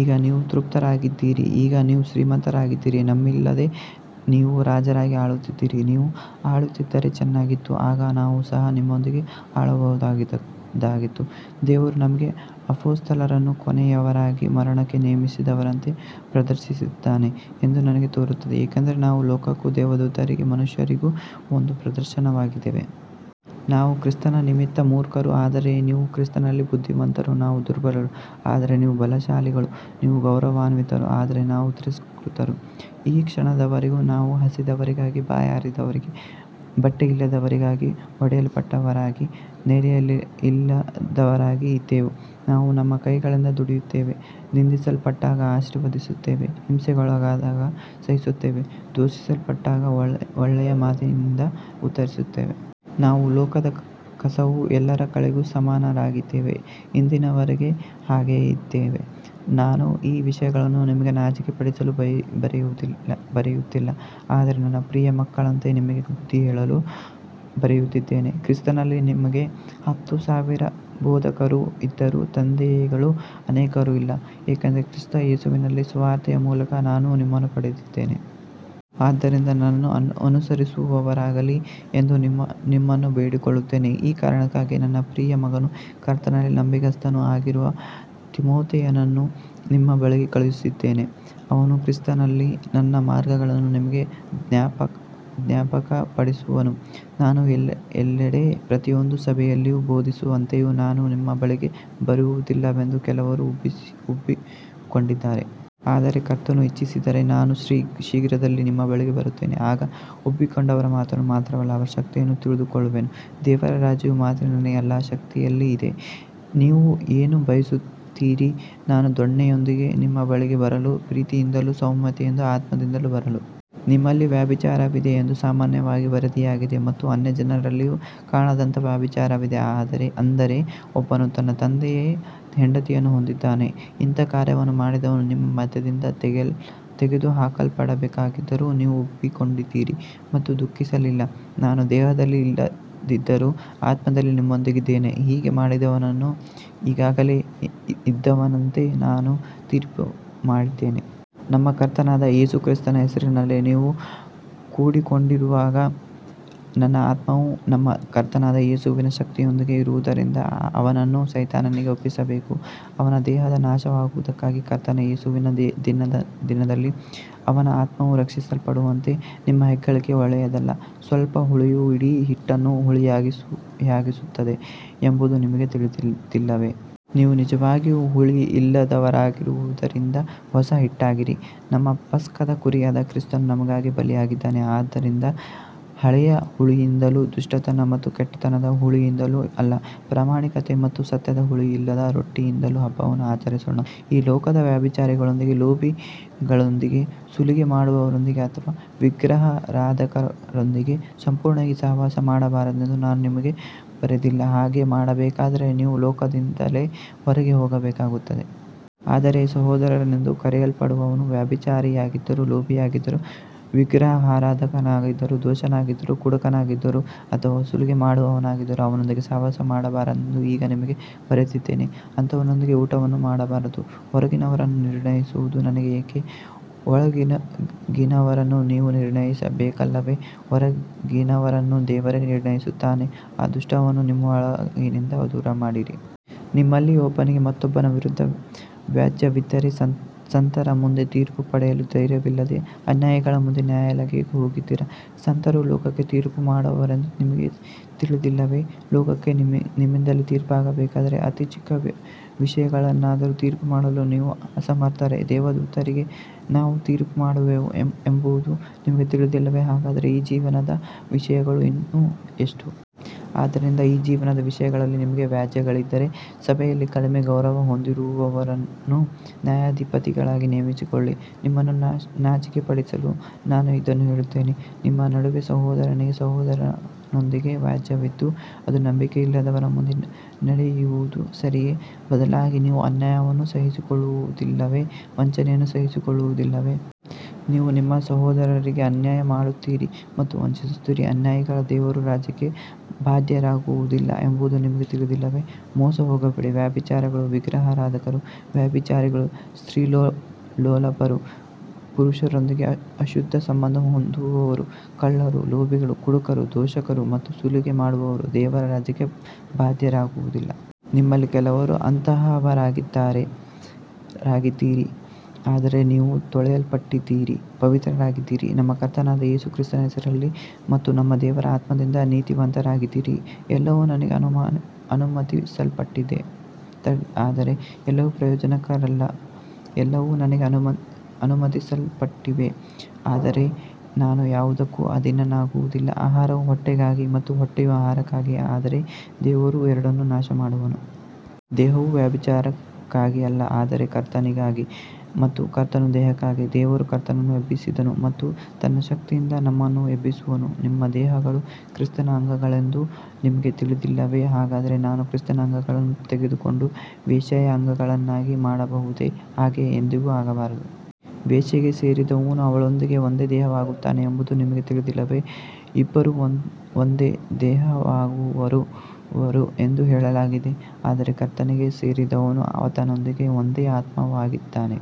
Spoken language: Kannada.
ಈಗ ನೀವು ತೃಪ್ತರಾಗಿದ್ದೀರಿ, ಈಗ ನೀವು ಶ್ರೀಮಂತರಾಗಿದ್ದೀರಿ, ನಮ್ಮಿಲ್ಲದೆ ನೀವು ರಾಜರಾಗಿ ಆಳುತ್ತಿದ್ದೀರಿ. ನೀವು ಆಳುತ್ತಿದ್ದರೆ ಚೆನ್ನಾಗಿತ್ತು, ಆಗ ನಾವು ಸಹ ನಿಮ್ಮೊಂದಿಗೆ ಆಳಬಹುದಾಗಿತ್ತು. ದೇವರು ನಮಗೆ ಅಪೊಸ್ತಲರನ್ನು ಕೊನೆಯವರಾಗಿ, ಮರಣಕ್ಕೆ ನೇಮಿಸಿದವರಂತೆ ಪ್ರದರ್ಶಿಸಿದ್ದಾನೆ ಎಂದು ನನಗೆ ತೋರುತ್ತದೆ, ಏಕೆಂದರೆ ನಾವು ಲೋಕಕ್ಕೂ ದೇವದೂತರಿಗೆ ಮನುಷ್ಯರಿಗೂ ಒಂದು ಪ್ರದರ್ಶನವಾಗಿದ್ದೇವೆ. ನಾವು ಕ್ರಿಸ್ತನ ನಿಮಿತ್ತ ಮೂರ್ಖರು, ಆದರೆ ನೀವು ಕ್ರಿಸ್ತನಲ್ಲಿ ಬುದ್ಧಿವಂತರು. ನಾವು ದುರ್ಬಲರು, ಆದರೆ ನೀವು ಬಲಶಾಲಿಗಳು. ನೀವು ಗೌರವಾನ್ವಿತರು, ಆದರೆ ನಾವು ತಿರಸ್ಕೃತರು. ಈ ಕ್ಷಣದವರೆಗೂ ನಾವು ಹಸಿದವರಾಗಿ, ಬಾಯಾರಿದವರಾಗಿ, ಬಟ್ಟೆಯಿಲ್ಲದವರಾಗಿ, ಹೊಡೆಯಲ್ಪಟ್ಟವರಾಗಿ, ನೆಲೆಯಿಲ್ಲದವರಾಗಿ ಇದ್ದೇವೆ. ನಾವು ನಮ್ಮ ಕೈಗಳಿಂದ ದುಡಿಯುತ್ತೇವೆ. ನಿಂದಿಸಲ್ಪಟ್ಟಾಗ ಆಶೀರ್ವದಿಸುತ್ತೇವೆ, ಹಿಂಸೆಗೊಳಗಾದಾಗ ಸಹಿಸುತ್ತೇವೆ, ದೂಷಿಸಲ್ಪಟ್ಟಾಗ ಒಳ್ಳೆಯ ಮಾತಿನಿಂದ ಉತ್ತರಿಸುತ್ತೇವೆ. ನಾವು ಲೋಕದ ಕಸವೂ ಎಲ್ಲರ ಕಳೆಗೂ ಸಮಾನರಾಗಿದ್ದೇವೆ, ಇಂದಿನವರೆಗೂ ಹಾಗೆಯೇ ಇದ್ದೇವೆ. ನಾನು ಈ ವಿಷಯಗಳನ್ನು ನಿಮಗೆ ನಾಚಿಕೆಪಡಿಸಲು ಬರೆಯುತ್ತಿಲ್ಲ, ಆದರೆ ನನ್ನ ಪ್ರಿಯ ಮಕ್ಕಳಂತೆ ನಿಮಗೆ ಬುದ್ಧಿಹೇಳಲು ಬರೆಯುತ್ತಿದ್ದೇನೆ. ಕ್ರಿಸ್ತನಲ್ಲಿ ನಿಮಗೆ ಹತ್ತು ಸಾವಿರ ಬೋಧಕರು ಇದ್ದರೂ ತಂದೆಗಳು ಅನೇಕರು ಇಲ್ಲ, ಏಕೆಂದರೆ ಕ್ರಿಸ್ತ ಯೇಸುವಿನಲ್ಲಿ ಸುವಾರ್ತೆಯ ಮೂಲಕ ನಾನು ನಿಮ್ಮನ್ನು ಪಡೆದಿದ್ದೇನೆ. ಆದ್ದರಿಂದ ನನ್ನನ್ನು ಅನುಸರಿಸುವವರಾಗಿರಿ ಎಂದು ನಿಮ್ಮನ್ನು ಬೇಡಿಕೊಳ್ಳುತ್ತೇನೆ. ಈ ಕಾರಣಕ್ಕಾಗಿ ನನ್ನ ಪ್ರಿಯ ಮಗನೂ ಕರ್ತನಲ್ಲಿ ನಂಬಿಗಸ್ತನೂ ಆಗಿರುವ ತಿಮೊಥೆಯನನ್ನು ನಿಮ್ಮ ಬಳಿಗೆ ಕಳುಹಿಸಿದ್ದೇನೆ. ಅವನು ಕ್ರಿಸ್ತನಲ್ಲಿ ನನ್ನ ಮಾರ್ಗಗಳನ್ನು ನಿಮಗೆ ಜ್ಞಾಪಕಪಡಿಸುವನು, ನಾನು ಎಲ್ಲೆಡೆ ಪ್ರತಿಯೊಂದು ಸಭೆಯಲ್ಲಿಯೂ ಬೋಧಿಸುವಂತೆಯೇ. ನಾನು ನಿಮ್ಮ ಬಳಿಗೆ ಬರುವುದಿಲ್ಲವೆಂದು ಕೆಲವರು ಉಬ್ಬಿಕೊಂಡಿದ್ದಾರೆ. ಆದರೆ ಕರ್ತನು ಇಚ್ಛಿಸಿದರೆ ನಾನು ಶೀಘ್ರದಲ್ಲೇ ನಿಮ್ಮ ಬಳಿಗೆ ಬರುತ್ತೇನೆ. ಆಗ ಉಬ್ಬಿಕೊಂಡವರ ಮಾತನ್ನು ಮಾತ್ರವಲ್ಲ, ಅವರ ಶಕ್ತಿಯನ್ನೂ ತಿಳಿದುಕೊಳ್ಳುವೆನು. ದೇವರ ರಾಜ್ಯವು ಮಾತಿನಲ್ಲಿ ಅಲ್ಲ, ಶಕ್ತಿಯಲ್ಲಿ ಇದೆ. ನೀವು ಏನು ಬಯಸುತ್ತೀರಿ, ನಾನು ದೊಣ್ಣೆಯೊಂದಿಗೆ ನಿಮ್ಮ ಬಳಿಗೆ ಬರಲೋ, ಪ್ರೀತಿಯಿಂದಲೂ ಸೌಮ್ಯತೆಯ ಆತ್ಮದಿಂದಲೂ ಬರಲೋ. ನಿಮ್ಮಲ್ಲಿ ವ್ಯಭಿಚಾರವಿದೆ ಎಂದು ಸಾಮಾನ್ಯವಾಗಿ ವರದಿಯಾಗಿದೆ, ಮತ್ತು ಅನ್ಯಜನರಲ್ಲಿಯೂ ಕಾಣದಂಥ ವ್ಯಭಿಚಾರವಿದೆ, ಅಂದರೆ ಒಬ್ಬನು ತನ್ನ ತಂದೆಯ ಹೆಂಡತಿಯನ್ನು ಹೊಂದಿದ್ದಾನೆ. ಇಂಥ ಕಾರ್ಯವನ್ನು ಮಾಡಿದವನು ನಿಮ್ಮ ಮಧ್ಯದಿಂದ ತೆಗೆದುಹಾಕಲ್ಪಡಬೇಕಾಗಿದ್ದರೂ ನೀವು ಉಬ್ಬಿಕೊಂಡಿದ್ದೀರಿ ಮತ್ತು ದುಃಖಿಸಲಿಲ್ಲ. ನಾನು ದೇಹದಲ್ಲಿ ಇಲ್ಲದಿದ್ದರೂ ಆತ್ಮದಲ್ಲಿ ನಿಮ್ಮೊಂದಿಗಿದ್ದೇನೆ. ಹೀಗೆ ಮಾಡಿದವನನ್ನು ಈಗಾಗಲೇ ಇದ್ದವನಂತೆ ನಾನು ತೀರ್ಪುಮಾಡಿದ್ದೇನೆ. ನಮ್ಮ ಕರ್ತನಾದ ಯೇಸು ಕ್ರಿಸ್ತನ ಹೆಸರಿನಲ್ಲಿ ನೀವು ಕೂಡಿಕೊಂಡಿರುವಾಗ, ನನ್ನ ಆತ್ಮವೂ ನಮ್ಮ ಕರ್ತನಾದ ಯೇಸುವಿನ ಶಕ್ತಿಯೊಂದಿಗೆ ಇರುವುದರಿಂದ, ಅವನನ್ನು ಸೈತಾನನಿಗೆ ಒಪ್ಪಿಸಬೇಕು, ಅವನ ದೇಹದ ನಾಶವಾಗುವುದಕ್ಕಾಗಿ, ಕರ್ತನಾದ ಯೇಸುವಿನ ದಿನದಲ್ಲಿ ಅವನ ಆತ್ಮವು ರಕ್ಷಿಸಲ್ಪಡುವಂತೆ. ನಿಮ್ಮ ಹೆಗ್ಗಳಿಕೆ ಒಳ್ಳೆಯದಲ್ಲ. ಸ್ವಲ್ಪ ಹುಳಿಯು ಇಡೀ ಹಿಟ್ಟನ್ನು ಹುಳಿಯಾಗಿಸುತ್ತದೆ ಎಂಬುದು ನಿಮಗೆ ತಿಳಿದಿಲ್ಲವೇ. ನೀವು ನಿಜವಾಗಿಯೂ ಹುಳಿಯಿಲ್ಲದವರಾಗಿರುವುದರಿಂದ ಹೊಸ ಹಿಟ್ಟಾಗಿರಿ. ನಮ್ಮ ಪಸ್ಕದ ಕುರಿಯಾದ ಕ್ರಿಸ್ತನು ನಮಗಾಗಿ ಬಲಿಯಾಗಿದ್ದಾನೆ. ಆದ್ದರಿಂದ ಹಳೆಯ ಹುಳಿಯಿಂದಲೂ ದುಷ್ಟತನ ಮತ್ತು ಕೆಟ್ಟತನದ ಹುಳಿಯಿಂದಲೂ ಅಲ್ಲ, ಪ್ರಾಮಾಣಿಕತೆ ಮತ್ತು ಸತ್ಯದ ಹುಳಿಯಿಲ್ಲದ ರೊಟ್ಟಿಯಿಂದಲೂ ಹಬ್ಬವನ್ನು ಆಚರಿಸೋಣ. ಈ ಲೋಕದ ವ್ಯಭಿಚಾರಿಗಳೊಂದಿಗೆ, ಲೋಭಿಗಳೊಂದಿಗೆ, ಸುಲಿಗೆ ಮಾಡುವವರೊಂದಿಗೆ ಅಥವಾ ವಿಗ್ರಹಾರಾಧಕರೊಂದಿಗೆ ಸಂಪೂರ್ಣವಾಗಿ ಸಹವಾಸ ಮಾಡಬಾರದೆಂದು ನಾನು ನಿಮಗೆ ಬರೆದಿಲ್ಲ, ಹಾಗೆ ಮಾಡಬೇಕಾದರೆ ನೀವು ಲೋಕದಿಂದಲೇ ಹೊರಗೆ ಹೋಗಬೇಕಾಗುತ್ತದೆ. ಆದರೆ ಸಹೋದರನೆಂದು ಕರೆಯಲ್ಪಡುವವನು ವ್ಯಭಿಚಾರಿಯಾಗಿದ್ದರೂ, ಲೋಭಿಯಾಗಿದ್ದರೂ, ವಿಗ್ರಹಾರಾಧಕನಾಗಿದ್ದರೂ, ದೂಷಕನಾಗಿದ್ದರೂ, ಕುಡುಕನಾಗಿದ್ದರೂ ಅಥವಾ ಸುಲಿಗೆ ಮಾಡುವವನಾಗಿದ್ದರೂ ಅವನೊಂದಿಗೆ ಸಹವಾಸ ಮಾಡಬಾರದೆಂದು ಈಗ ನಿಮಗೆ ಬರೆದಿದ್ದೇನೆ, ಅಂಥವನೊಂದಿಗೆ ಊಟವನ್ನೂ ಮಾಡಬಾರದು. ಹೊರಗಿನವರನ್ನು ನಿರ್ಣಯಿಸುವುದು ನನಗೆ ಏಕೆ. ಒಳಗಿನವರನ್ನು ನೀವು ನಿರ್ಣಯಿಸಬೇಕಲ್ಲವೇ. ಹೊರಗಿನವರನ್ನು ದೇವರೇ ನಿರ್ಣಯಿಸುತ್ತಾನೆ. ಆ ದುಷ್ಟನನ್ನು ನಿಮ್ಮೊಳಗಿಂದ ದೂರಮಾಡಿರಿ. ನಿಮ್ಮಲ್ಲಿ ಒಬ್ಬನಿಗೆ ಮತ್ತೊಬ್ಬನ ವಿರುದ್ಧ ವ್ಯಾಜ್ಯವಿದ್ದರೆ, ಸಂತರ ಮುಂದೆ ತೀರ್ಪು ಪಡೆಯಲು ಧೈರ್ಯವಿಲ್ಲದೆ ಅನ್ಯಾಯಿಗಳ ಮುಂದೆ ನ್ಯಾಯಾಲಯಕ್ಕೆ ಹೋಗುತ್ತೀರಾ. ಸಂತರು ಲೋಕಕ್ಕೆ ತೀರ್ಪು ಮಾಡುವರೆಂದು ನಿಮಗೆ ತಿಳಿದಿಲ್ಲವೇ. ಲೋಕಕ್ಕೆ ನಿಮ್ಮಿಂದಲೇ ತೀರ್ಪಾಗಬೇಕಾದರೆ, ಅತಿ ಚಿಕ್ಕ ವಿಷಯಗಳನ್ನಾದರೂ ತೀರ್ಪುಮಾಡಲು ನೀವು ಅಸಮರ್ಥರೇ. ದೇವದೂತರಿಗೆ ನಾವು ತೀರ್ಪು ಮಾಡುವೆವು ಎಂಬುದು ನಿಮಗೆ ತಿಳಿದಿಲ್ಲವೇ, ಹಾಗಾದರೆ ಈ ಜೀವನದ ವಿಷಯಗಳು ಇನ್ನೂ ಎಷ್ಟು. ಆದ್ದರಿಂದ ಈ ಜೀವನದ ವಿಷಯಗಳಲ್ಲಿ ನಿಮಗೆ ವ್ಯಾಜ್ಯಗಳಿದ್ದರೆ, ಸಭೆಯಲ್ಲಿ ಕಡಿಮೆ ಗೌರವ ಹೊಂದಿರುವವರನ್ನು ನ್ಯಾಯಾಧಿಪತಿಗಳಾಗಿ ನೇಮಿಸಿಕೊಳ್ಳಿ. ನಿಮ್ಮನ್ನು ನಾಚಿಕೆಪಡಿಸಲು ನಾನು ಇದನ್ನು ಹೇಳುತ್ತೇನೆ. ನಿಮ್ಮ ನಡುವೆ ಸಹೋದರನಿಗೆ ಸಹೋದರನೊಂದಿಗೆ ವ್ಯಾಜ್ಯವಿದ್ದು, ಅದು ನಂಬಿಕೆಯಿಲ್ಲದವರ ಮುಂದೆ ನಡೆಯುವುದು ಸರಿಯೇ. ಬದಲಾಗಿ ನೀವು ಅನ್ಯಾಯವನ್ನು ಸಹಿಸಿಕೊಳ್ಳುವುದಿಲ್ಲವೇ, ವಂಚನೆಯನ್ನು ಸಹಿಸಿಕೊಳ್ಳುವುದಿಲ್ಲವೇ. ನೀವು ನಿಮ್ಮ ಸಹೋದರರಿಗೇ ಅನ್ಯಾಯ ಮಾಡುತ್ತೀರಿ ಮತ್ತು ವಂಚಿಸುತ್ತೀರಿ. ಅನ್ಯಾಯಿಗಳು ದೇವರ ರಾಜ್ಯಕ್ಕೆ ಬಾಧ್ಯರಾಗುವುದಿಲ್ಲ ಎಂಬುದು ನಿಮಗೆ ತಿಳಿದಿಲ್ಲವೇ. ಮೋಸಹೋಗಬೇಡಿ. ವ್ಯಭಿಚಾರಿಗಳು, ವಿಗ್ರಹಾರಾಧಕರು, ವ್ಯಭಿಚಾರಿಗಳು, ಸ್ತ್ರೀಲೋಲುಪರು, ಪುರುಷರೊಂದಿಗೆ ಅಶುದ್ಧ ಸಂಬಂಧ ಹೊಂದುವವರು, ಕಳ್ಳರು, ಲೋಭಿಗಳು, ಕುಡುಕರು, ದೂಷಕರು ಮತ್ತು ಸುಲಿಗೆ ಮಾಡುವವರು ದೇವರ ರಾಜ್ಯಕ್ಕೆ ಬಾಧ್ಯರಾಗುವುದಿಲ್ಲ. ನಿಮ್ಮಲ್ಲಿ ಕೆಲವರು ಅಂತಹವರಾಗಿದ್ದಿರಿ. ಆದರೆ ನೀವು ತೊಳೆಯಲ್ಪಟ್ಟಿದ್ದೀರಿ, ಪವಿತ್ರರಾಗಿದ್ದೀರಿ, ನಮ್ಮ ಕರ್ತನಾದ ಯೇಸು ಕ್ರಿಸ್ತನ ಹೆಸರಿನಲ್ಲಿ ಮತ್ತು ನಮ್ಮ ದೇವರ ಆತ್ಮದಿಂದ ನೀತಿವಂತರಾಗಿದ್ದೀರಿ. ಎಲ್ಲವೂ ನನಗೆ ಅನುಮತಿಸಲ್ಪಟ್ಟಿವೆ, ಆದರೆ ಎಲ್ಲವೂ ಪ್ರಯೋಜನಕರವಲ್ಲ. ಎಲ್ಲವೂ ನನಗೆ ಅನುಮತಿಸಲ್ಪಟ್ಟಿವೆ, ಆದರೆ ನಾನು ಯಾವುದಕ್ಕೂ ಅಧೀನನಾಗುವುದಿಲ್ಲ. ಆಹಾರವು ಹೊಟ್ಟೆಗಾಗಿ ಮತ್ತು ಹೊಟ್ಟೆಯು ಆಹಾರಕ್ಕಾಗಿ, ಆದರೆ ದೇವರು ಎರಡನ್ನೂ ನಾಶಮಾಡುವನು. ದೇಹವು ವ್ಯಭಿಚಾರಕ್ಕಾಗಿ ಅಲ್ಲ, ಆದರೆ ಕರ್ತನಿಗಾಗಿ, ಮತ್ತು ಕರ್ತನು ದೇಹಕ್ಕಾಗಿ. ದೇವರು ಕರ್ತನನ್ನು ಎಬ್ಬಿಸಿದನು ಮತ್ತು ತನ್ನ ಶಕ್ತಿಯಿಂದ ನಮ್ಮನ್ನೂ ಎಬ್ಬಿಸುವನು. ನಿಮ್ಮ ದೇಹಗಳು ಕ್ರಿಸ್ತನ ಅಂಗಗಳೆಂದು ನಿಮಗೆ ತಿಳಿದಿಲ್ಲವೇ. ಹಾಗಾದರೆ ನಾನು ಕ್ರಿಸ್ತನ ಅಂಗಗಳನ್ನು ತೆಗೆದುಕೊಂಡು ವೇಶ್ಯೆಯ ಅಂಗಗಳನ್ನಾಗಿ ಮಾಡಬಹುದೇ. ಹಾಗೆ ಎಂದಿಗೂ ಆಗಬಾರದು. ವೇಶ್ಯೆಗೆ ಸೇರಿದವನು ಅವಳೊಂದಿಗೆ ಒಂದೇ ದೇಹವಾಗುತ್ತಾನೆ ಎಂಬುದು ನಿಮಗೆ ತಿಳಿದಿಲ್ಲವೇ, ಇಬ್ಬರೂ ಒಂದೇ ದೇಹವಾಗುವರು ಎಂದು ಹೇಳಲಾಗಿದೆ. ಆದರೆ ಕರ್ತನಿಗೆ ಸೇರಿದವನು ಆತನೊಂದಿಗೆ ಒಂದೇ ಆತ್ಮವಾಗಿದ್ದಾನೆ.